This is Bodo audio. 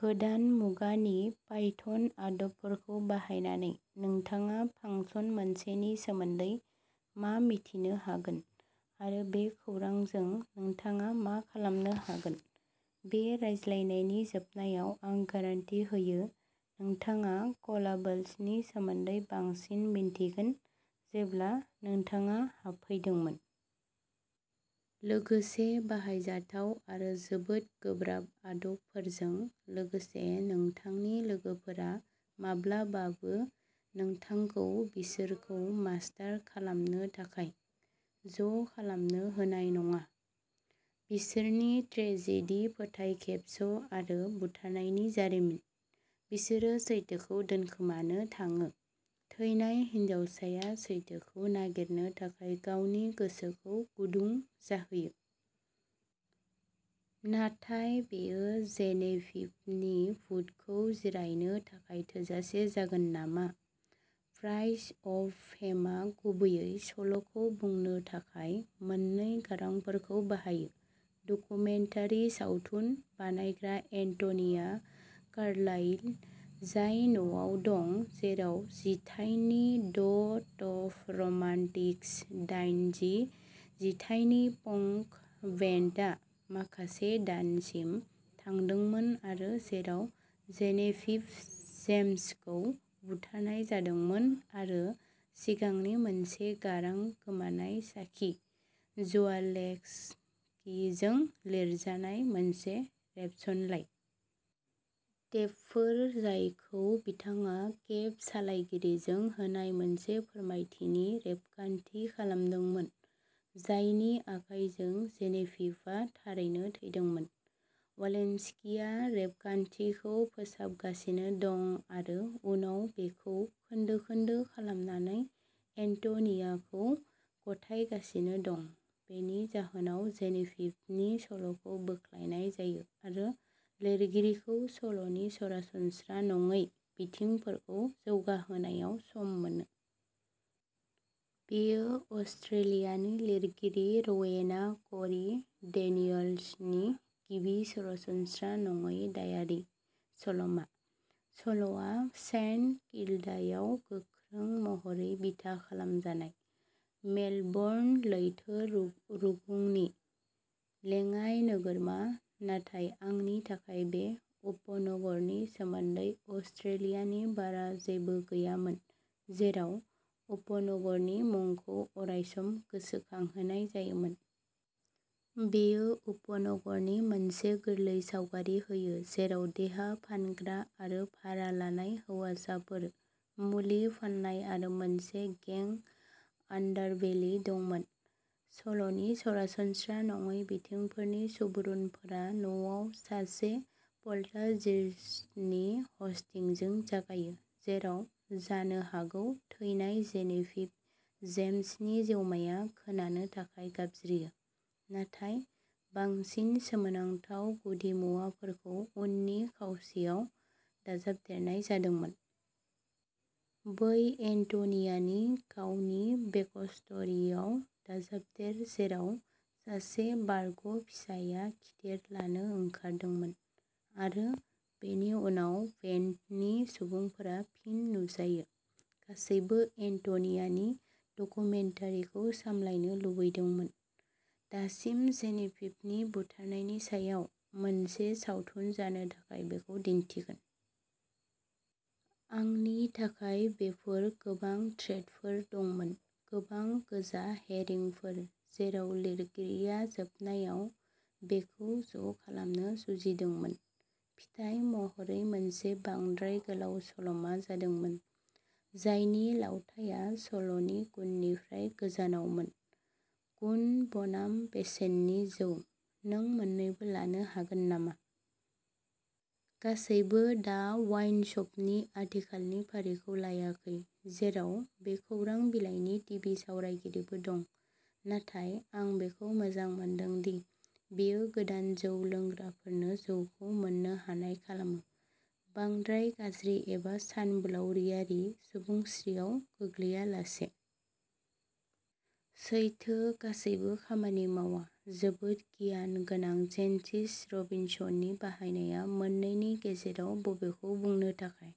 गोदान मुगानि पाइथन आदबफोरखौ बाहायनानै, नोंथाङा फांसन मोनसेनि सोमोन्दै मा मिथिनो हागोन, आरो बै खौरांजों नोंथाङा मा खालामनो हागोन? बे रायज्लायनायनि जोबनायाव आं गारान्टि होयो, नोंथाङा कलाबोल्सनि सोमोन्दै बांसिन मिन्थिगोन जेब्ला नोंथाङा हाबफैदोंमोन। लोगोसे बाहायजाथाव आरो जोबोद गोब्राब आदबफोरजों लोगोसे नोंथांनि लोगोफोरा माब्लाबाबो नोंथांखौ बिसोरखौ मास्टार खालामनो थाखाय ज'खालामनो होनाय नङा। बिसोरनि ट्रेजेडी, फोथायखेबस' आरो बुथारनायनि जारिमिन। बिसोरो सैथोखौ दोनखोमानो थाङो? थैनाय हिनजावसाया सैथोखौ नागिरनो थाखाय गावनि गोसोखौ गुदुं जाहोयो। नाथाय बेयो जेनेभिभनि भुतखौ जिरायनो थाखाय थोजासे जागोन नामा?. प्राइज अफ फेमआ गुबैयै सल'खौ बुंनो थाखाय मोन्नै गारांफोरखौ बाहायोः डकुमेन्टारि सावथुन बानायग्रा एन्टनिया कार्लाइल, जाय न'आव दं जेराव जिथाइनि द टफ र'मान्टिक्स, दाइनजि जिथाइनि पंक बेन्डआ माखासे दानसिम थादोंमोन आरो जेराव जेनेभिभ जेम्सखौ बुथारनाय जादोंमोन आरो सिगांनि मोनसे गारां, "गोमानाय साखि" ज'वालेन्स्कीजों लिरजानाय मोनसे रेबसनलाइ। टेपफोर जायखौ बिथाङा केब सालायगिरिजों होनाय मोनसे फोरमायथिनि रेबगान्थि खालामदोंमोन, जायनि आखाइजों जेनेभिभआ थारैनो थैदोंमोन। वालेन्स्कीआ रेबगान्थिखौ फोसाबगासिनो दं आरो उनाव बेखौ खोन्दो-खोन्दो खालामनानै एन्ट'नियाखौ गथायगासिनो दं। बेनि जाहोनाव जेनेभिभनि सल'खौ बोख्लायनाय जायो आरो लिरगिरिखौ सल'नि सरासनस्रा नङै बिथिंफोरखौ जौगाहोनायाव सम मोनो। बेयो अस्ट्रेलियानि लिरगिरि र'वेना क'री डेनियल्सनि गिबि सरासनस्रा नङै दायारि सल'मा। सल'आ सेन्ट किल्डायाव गोख्रों महरै बिथा खालामजानाय, मेलबर्न लैथो रुगुंनि लेङाइ नोगोरमा, नाथाय आंनि थाखाय बे उपनगरनि सोमोन्दै अस्ट्रेलियानि बारा जेबो गैयामोन, जेराव उपनगरनि मुंखौ अरायसम गोसोखांहोनाय जायोमोन। बेयो उपनगरनि मोनसे गोरलै सावगारि होयो, जेराव देहा फानग्रा आरो भारा लानाय हौवासाफोर, मुलि फाननाय आरो मोनसे गें आन्डारबेलि दंमोन। सल'नि सरासनस्रा नङै बिथिंफोरनि सुबुरुनफोरा न'आव सासे पल्टार्जिस्टनि ह'स्टिंजों जागायो, जेराव जानो हागौ थैनाय जेनेभिभ जेम्सनि जिउमाया खोनानो थाखाय गाबज्रियो, नाथाय बांसिन सोमोनांथाव गुदिमुवाफोरखौ उननि खावसेयाव दाजाबदेरनाय जादोंमोन। बै एन्ट'नियानि गावनि बेकस्ट'रियाव दाजाबदेर, जेराव सासे बारग'फिसायआ खिथेर लानो ओंखारदोंमोन। आरो बेनि उनाव बेन्डनि सुबुंफोरा फिन नुजायो। गासैबो एन्ट'नियानि डकुमेन्टारिखौ सामलायनो लुबैदोंमोन। दासिम जेनेभिभनि बुथारनायनि सायाव मोनसे सावथुन जानो थाखाय बेखौ दिन्थिगोन। आंनि थाखाय बेफोर गोबां थ्रेडफोर दंमोन, गोबां गोजा हेरिंफोर, जेराव लिरगिरिया जोबनायाव बेखौ ज'खालामनो जुजिदोंमोन। फिथाय महरै मोनसे बांद्राय गोलाव सल'मा जादोंमोन, जायनि लावथाइया सल'नि गुननिफ्राय गोजानावमोन। गुन बनाम बेसेननि जौः नों मोन्नैबो लानो हागोन नामा? गासैबो दा वाइन श'पनि आथिखालनि फारिखौ लायाखै, जेराव बे खौरां बिलाइनि टिभि सावरायगिरिबो दं। नाथाय आं बेखौ मोजां मोनदों दि, बेयो गोदान जौ लोंग्राफोरनो जौखौ मोन्नो हानाय खालामो, बांद्राय गाज्रि एबा सानबोलावरियारि सुबुंस्रियाव गोग्लैआलासे। सैथो, गासैबो खामानि मावा। जोबोद गियान गोनां जेन्सिस रबिनसननि बाहायनाया मोननैनि गेजेराव बबेखौ बुंनो थाखाय।